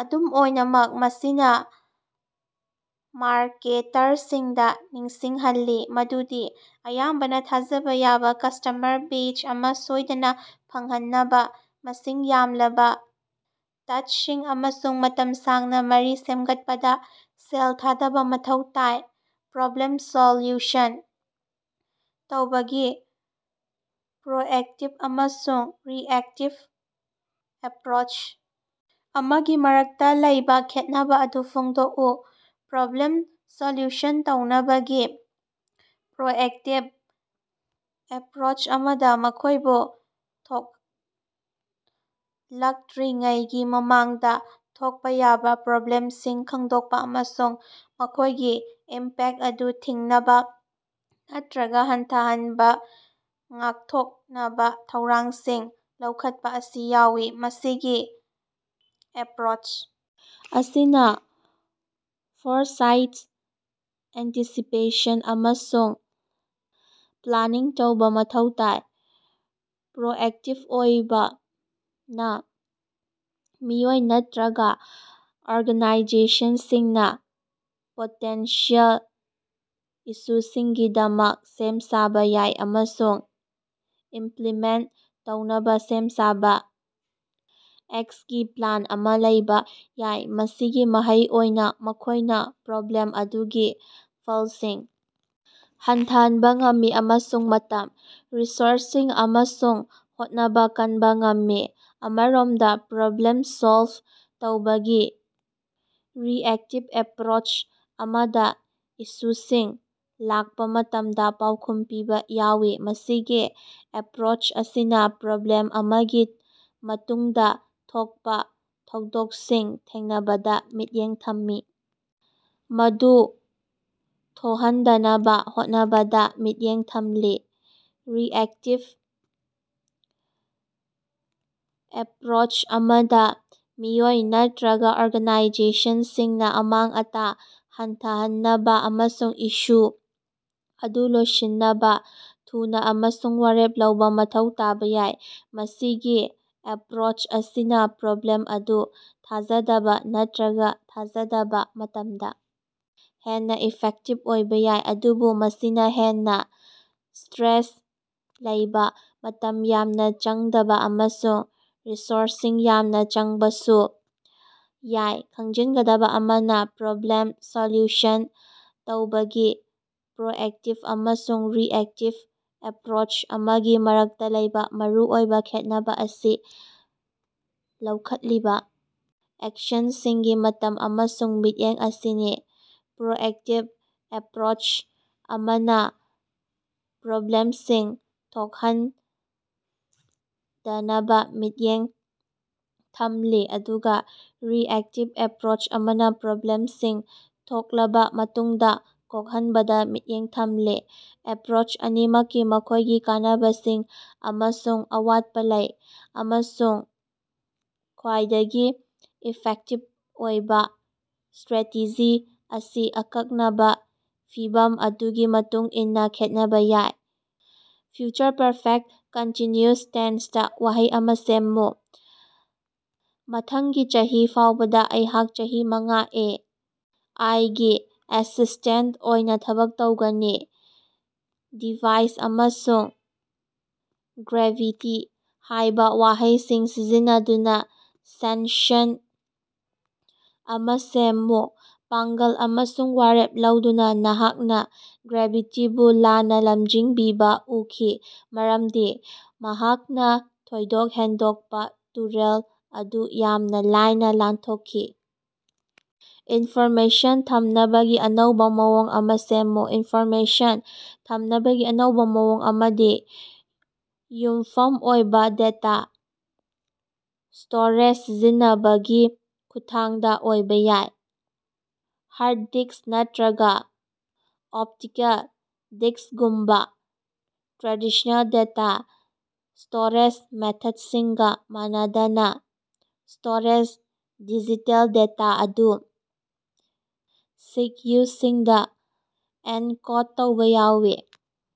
ꯑꯗꯨꯝ ꯑꯣꯏꯅꯃꯛ, ꯃꯁꯤꯅ ꯃꯥꯔꯀꯦꯇꯔꯁꯤꯡꯗ ꯅꯤꯡꯁꯤꯡꯍꯜꯂꯤ ꯃꯗꯨꯗꯤ ꯑꯌꯥꯝꯕꯅ ꯊꯥꯖꯕ ꯌꯥꯕ ꯀꯁ꯭ꯇꯃꯔ ꯕꯦꯖ ꯑꯃ ꯁꯣꯏꯗꯅꯥ ꯐꯪꯍꯟꯅꯕꯥ ꯃꯁꯤꯡ ꯌꯥꯝꯂꯕ ꯇꯆꯁꯤꯡ ꯑꯃꯁꯨꯡ ꯃꯇꯝ ꯁꯥꯡꯅ ꯃꯔꯤ ꯁꯦꯝꯒꯠꯄꯗꯥ ꯁꯦꯜ ꯊꯥꯗꯕ ꯃꯊꯧ ꯇꯥꯏ꯫ ꯄ꯭ꯔꯣꯕ꯭ꯂꯦꯝ ꯁꯣꯜꯌꯨꯁꯟ ꯇꯧꯕꯒꯤ ꯄ꯭ꯔꯣꯑꯦꯛꯇꯤꯚ ꯑꯃꯁꯨꯡ ꯔꯤꯑꯦꯛꯇꯤꯚ ꯑꯦꯄꯔꯣꯆ ꯑꯃꯒꯤ ꯃꯔꯛꯇꯥ ꯂꯩꯕ ꯈꯦꯠꯅꯕꯥ ꯑꯗꯨ ꯐꯣꯡꯗꯣꯛꯎ꯫ ꯄ꯭ꯔꯣꯕ꯭ꯂꯦꯝ ꯁꯣꯂꯌꯨꯁꯟ ꯇꯧꯅꯕꯒꯤ ꯄ꯭ꯔꯣꯑꯦꯛꯇꯤꯚ ꯑꯦꯄꯔꯣꯆ ꯑꯃꯗ, ꯃꯈꯣꯏꯗꯨ ꯊꯣꯛꯂꯛꯇꯔꯤꯉꯩꯒꯤ ꯃꯃꯥꯡꯗ ꯊꯣꯛꯄꯥ ꯌꯥꯕ ꯄ꯭ꯔꯣꯕ꯭ꯂꯦꯝꯁꯤꯡ ꯈꯪꯗꯣꯛꯄꯥ ꯑꯃꯁꯨꯡ ꯃꯈꯣꯏꯒꯤ ꯏꯝꯄꯦꯛꯇ ꯑꯗꯨ ꯊꯤꯡꯅꯕꯥ ꯅꯠꯇꯔꯒ ꯍꯟꯊꯍꯟꯅꯕꯥ ꯉꯥꯛꯊꯣꯛꯅꯕꯥ ꯊꯧꯔꯥꯡꯁꯤꯡ ꯂꯧꯈꯠꯄꯥ ꯑꯁꯤ ꯌꯥꯎꯏ꯫ ꯃꯁꯤꯒꯤ ꯑꯦꯄꯔꯣꯆ ꯑꯁꯤꯅ ꯐꯣꯔꯁꯥꯏꯠ, ꯑꯦꯟꯇꯤꯁꯤꯄꯦꯁꯟ ꯑꯃꯁꯨꯡ ꯄ꯭ꯂꯥꯅꯤꯡ ꯇꯧꯕ ꯃꯊꯧ ꯇꯥꯏ꯫ ꯄ꯭ꯔꯣꯑꯦꯛꯇꯤꯚ ꯑꯣꯏꯕꯅ, ꯃꯤꯑꯣꯏ ꯅꯠꯇꯔꯒ ꯑꯣꯔꯒꯥꯅꯥꯏꯖꯦꯁꯟꯁꯤꯡꯅ ꯄꯣꯇꯦꯟꯁꯤꯑꯦꯜ ꯏꯁꯨꯁꯤꯡꯒꯤꯗꯃꯛ ꯁꯦꯝ-ꯁꯥꯕ ꯌꯥꯏ ꯑꯃꯁꯨꯡ ꯏꯃꯄꯂꯤꯃꯦꯟꯇ ꯇꯧꯅꯕꯥ ꯁꯦꯝ-ꯁꯥꯕ ꯑꯦꯛꯁꯒꯤ ꯄ꯭ꯂꯥꯟ ꯑꯃ ꯂꯩꯕ ꯌꯥꯏ꯫ ꯃꯁꯤꯒꯤ ꯃꯍꯩ ꯑꯣꯏꯅ ꯃꯈꯣꯏꯅꯥ ꯄ꯭ꯔꯣꯕ꯭ꯂꯦꯝ ꯑꯗꯨꯒꯤ ꯐꯦꯜꯁꯤꯡ ꯍꯟꯊꯍꯟꯕꯥ ꯉꯝꯃꯤ ꯑꯃꯁꯨꯡ ꯃꯇꯝ, ꯔꯤꯁꯣꯔꯁꯁꯤꯡ ꯑꯃꯁꯨꯡ ꯍꯣꯠꯅꯕꯥ ꯀꯟꯕꯥ ꯉꯝꯃꯤ꯫ ꯑꯃꯔꯣꯝꯗꯥ, ꯄ꯭ꯔꯣꯕ꯭ꯂꯦꯝ ꯁꯣꯜꯕ ꯇꯧꯕꯒꯤ ꯔꯤꯑꯦꯛꯇꯤꯕ ꯑꯦꯄꯄꯔꯣꯆ ꯑꯃꯗ ꯏꯁꯨꯁꯤꯡ ꯂꯥꯛꯄꯥ ꯃꯇꯝꯗ ꯄꯥꯎꯈꯨꯝ ꯄꯤꯕ ꯌꯥꯎꯏ꯫ ꯃꯁꯤꯒꯤ ꯑꯦꯄꯔꯣꯆ ꯑꯁꯤꯅ ꯄ꯭ꯔꯣꯕ꯭ꯂꯦꯝ ꯑꯃꯒꯤ ꯃꯇꯨꯡꯗꯥ ꯊꯣꯛꯄꯥ ꯊꯧꯗꯣꯛꯁꯤꯡ ꯊꯦꯡꯅꯕꯗꯥ ꯃꯤꯠꯌꯦꯡ ꯊꯝꯃꯤ, ꯃꯗꯨ ꯊꯣꯍꯟꯗꯅꯕꯥ ꯍꯣꯠꯅꯕꯗꯥ ꯃꯤꯠꯌꯦꯡ ꯊꯝꯂꯤ꯫ ꯔꯤꯑꯦꯛꯇꯤꯚ ꯑꯦꯄꯔꯣꯆ ꯑꯃꯗ, ꯃꯤꯑꯣꯏ ꯅꯠꯇꯔꯒ ꯑꯣꯔꯒꯥꯅꯥꯏꯖꯦꯁꯟꯁꯤꯡꯅ ꯑꯃꯥꯡ-ꯑꯇꯥ ꯍꯟꯊꯍꯟꯅꯕꯥ ꯑꯃꯁꯨꯡ ꯏꯁꯨ ꯑꯗꯨ ꯂꯣꯏꯁꯤꯟꯅꯕꯥ ꯊꯨꯅꯥ ꯑꯃꯁꯨꯡ ꯋꯥꯔꯦꯞ ꯂꯧꯕ ꯃꯊꯧ ꯇꯥꯕ ꯌꯥꯏ꯫ ꯃꯁꯤꯒꯤ ꯑꯦꯄꯔꯣꯆ ꯑꯁꯤꯅ ꯄ꯭ꯔꯣꯕ꯭ꯂꯦꯝ ꯑꯗꯨ ꯊꯥꯖꯗꯕꯥ ꯅꯠꯇꯔꯒ ꯊꯥꯖꯗꯕ ꯃꯇꯝꯗꯥ ꯍꯦꯟꯅ ꯏꯐꯦꯛꯇꯤꯚ ꯑꯣꯏꯕ ꯌꯥꯏ, ꯑꯗꯨꯕꯨ ꯃꯁꯤꯅ ꯍꯦꯟꯅꯥ ꯁ꯭ꯇꯔꯦꯁ ꯂꯩꯕ, ꯃꯇꯝ ꯌꯥꯝꯅ ꯆꯪꯗꯕ ꯑꯃꯁꯨꯡ ꯔꯤꯁꯣꯔꯁꯁꯤꯡ ꯌꯥꯝꯅ ꯆꯪꯕꯁꯨ ꯌꯥꯏ꯫ ꯈꯪꯖꯤꯟꯒꯗꯕꯥ ꯑꯃꯅ, ꯄ꯭ꯔꯣꯕ꯭ꯂꯦꯝ ꯁꯣꯂꯌꯨꯁꯟ ꯇꯧꯕꯒꯤ ꯄ꯭ꯔꯣꯑꯦꯛꯇꯤꯚ ꯑꯃꯁꯨꯡ ꯔꯤꯑꯦꯛꯇꯤꯚ ꯑꯦꯄꯔꯣꯆ ꯑꯃꯒꯤ ꯃꯔꯛꯇ ꯂꯩꯕ ꯃꯔꯨꯑꯣꯏꯕ ꯈꯦꯠꯅꯕꯥ ꯑꯁꯤ ꯂꯧꯈꯠꯂꯤꯕ ꯑꯦꯛꯁꯟꯁꯤꯡꯒꯤ ꯃꯇꯝ ꯑꯃꯁꯨꯡ ꯃꯤꯠꯌꯦꯡ ꯑꯁꯤꯅꯤ꯫ ꯄ꯭ꯔꯣꯑꯦꯛꯇꯤꯕ ꯑꯦꯞꯄꯔꯣꯆ ꯑꯃꯅ ꯄ꯭ꯔꯣꯕ꯭ꯂꯦꯝꯁꯤꯡ ꯊꯣꯈꯟꯗꯅꯕꯥ ꯃꯤꯠꯌꯦꯡ ꯊꯝꯂꯤ, ꯑꯗꯨꯒꯥ ꯔꯤꯑꯦꯛꯇꯤꯕ ꯑꯦꯞꯔꯣꯆ ꯑꯃꯅ ꯄ꯭ꯔꯣꯕ꯭ꯂꯦꯃꯁꯤꯡ ꯊꯣꯛꯂꯕꯥ ꯃꯇꯨꯡꯗꯥ ꯀꯣꯛꯍꯟꯕꯗꯥ ꯃꯤꯠꯌꯦꯡ ꯊꯝꯂꯤ꯫ ꯑꯦꯄꯔꯣꯆ ꯑꯅꯤꯃꯛꯀꯤ ꯃꯈꯣꯏꯒꯤ ꯀꯥꯟꯅꯕꯁꯤꯡ ꯑꯃꯁꯨꯡ ꯑꯋꯥꯠꯄ ꯂꯩ, ꯑꯃꯁꯨꯡ ꯈ꯭ꯕꯥꯏꯗꯒꯤ ꯏꯐꯦꯛꯇꯤꯚ ꯑꯣꯏꯕ ꯁ꯭ꯇꯔꯦꯇꯤꯖꯤ ꯑꯁꯤ ꯑꯀꯛꯅꯕꯥ ꯐꯤꯚꯝ ꯑꯗꯨꯒꯤ ꯃꯇꯨꯡꯏꯟꯅꯥ ꯈꯦꯠꯅꯕꯥ ꯌꯥꯏ꯫ ꯐ꯭ꯌꯨꯆꯔ ꯄꯔꯐꯦꯛꯇ ꯀꯟꯇꯤꯟꯌꯨꯁ ꯇꯦꯟꯁꯇꯥ ꯋꯥꯍꯩ ꯑꯃ ꯁꯦꯝꯃꯨ꯫ ꯃꯊꯪꯒꯤ ꯆꯍꯤ ꯐꯥꯎꯕꯗꯥ ꯑꯩꯍꯥꯛ ꯆꯍꯤ ꯃꯉꯥ ꯑꯦ. ꯑꯥꯏ. ꯒꯤ ꯑꯦꯁꯤꯁ꯭ꯇꯦꯟꯇ ꯑꯣꯏꯅ ꯊꯕꯛ ꯇꯧꯔꯒꯅꯤ꯫। "ꯗꯤꯐꯥꯏ" ꯑꯃꯁꯨꯡ "ꯒ꯭ꯔꯦꯚꯤꯇꯤ" ꯍꯥꯏꯕ ꯋꯥꯍꯩꯁꯤꯡ ꯁꯤꯖꯤꯟꯅꯗꯨꯅ ꯁꯦꯟꯁꯟ ꯑꯃ ꯁꯦꯝꯃꯨ? ꯄꯥꯡꯒꯜ ꯑꯃꯁꯨꯡ ꯋꯥꯔꯦꯞ ꯂꯧꯗꯨꯅ ꯃꯍꯥꯛꯅ ꯒ꯭ꯔꯦꯚꯤꯇꯤꯕꯨ ꯂꯥꯟꯅ ꯂꯝꯖꯤꯡꯕꯤꯕ ꯎꯈꯤ ꯃꯔꯝꯗꯤ ꯃꯍꯥꯛꯅ ꯊꯣꯏꯗꯣꯛ ꯍꯦꯟꯗꯣꯛꯄꯥ ꯇꯨꯔꯦꯜ ꯑꯗꯨ ꯌꯥꯝꯅ ꯂꯥꯏꯅ ꯂꯥꯟꯊꯣꯛꯈꯤ꯫ ꯏꯟꯐꯣꯔꯃꯦꯁꯟ ꯊꯝꯅꯕꯒꯤ ꯑꯅꯧꯕ ꯃꯑꯣꯡ ꯑꯃ ꯁꯦꯝꯃꯨ꯫ ꯏꯟꯐꯣꯔꯃꯦꯁꯟ ꯊꯝꯅꯕꯒꯤ ꯑꯅꯧꯕ ꯃꯑꯣꯡ ꯑꯃꯗꯤ ꯌꯨꯝꯐꯝ ꯑꯣꯏꯕ ꯗꯇꯥ ꯁ꯭ꯇꯣꯔꯦꯖ ꯁꯤꯖꯤꯟꯅꯕꯒꯤ ꯈꯨꯠꯊꯥꯡꯗ ꯑꯣꯏꯕ ꯌꯥꯏ꯫ ꯍꯥꯔꯗ ꯗꯤꯛꯁ ꯅꯠꯇꯔꯒ ꯑꯣꯞꯇꯤꯀꯦꯜ ꯗꯤꯛꯁꯒꯨꯝꯕꯥ ꯇ꯭ꯔꯦꯗꯤꯁꯅꯦꯜ ꯗꯇꯥ ꯁ꯭ꯇꯣꯔꯦꯖ ꯃꯦꯊꯦꯠꯁꯤꯡꯒ ꯃꯥꯟꯅꯗꯅ, ꯁ꯭ꯇꯣꯔꯦꯖꯗ ꯗꯤꯖꯤꯇꯦꯜ ꯗꯇꯥ ꯑꯗꯨ ꯁꯤꯀꯌꯨꯁꯁꯤꯡꯗꯥ ꯑꯦꯟꯀꯣꯗ ꯇꯧꯕ ꯌꯥꯎꯏ꯫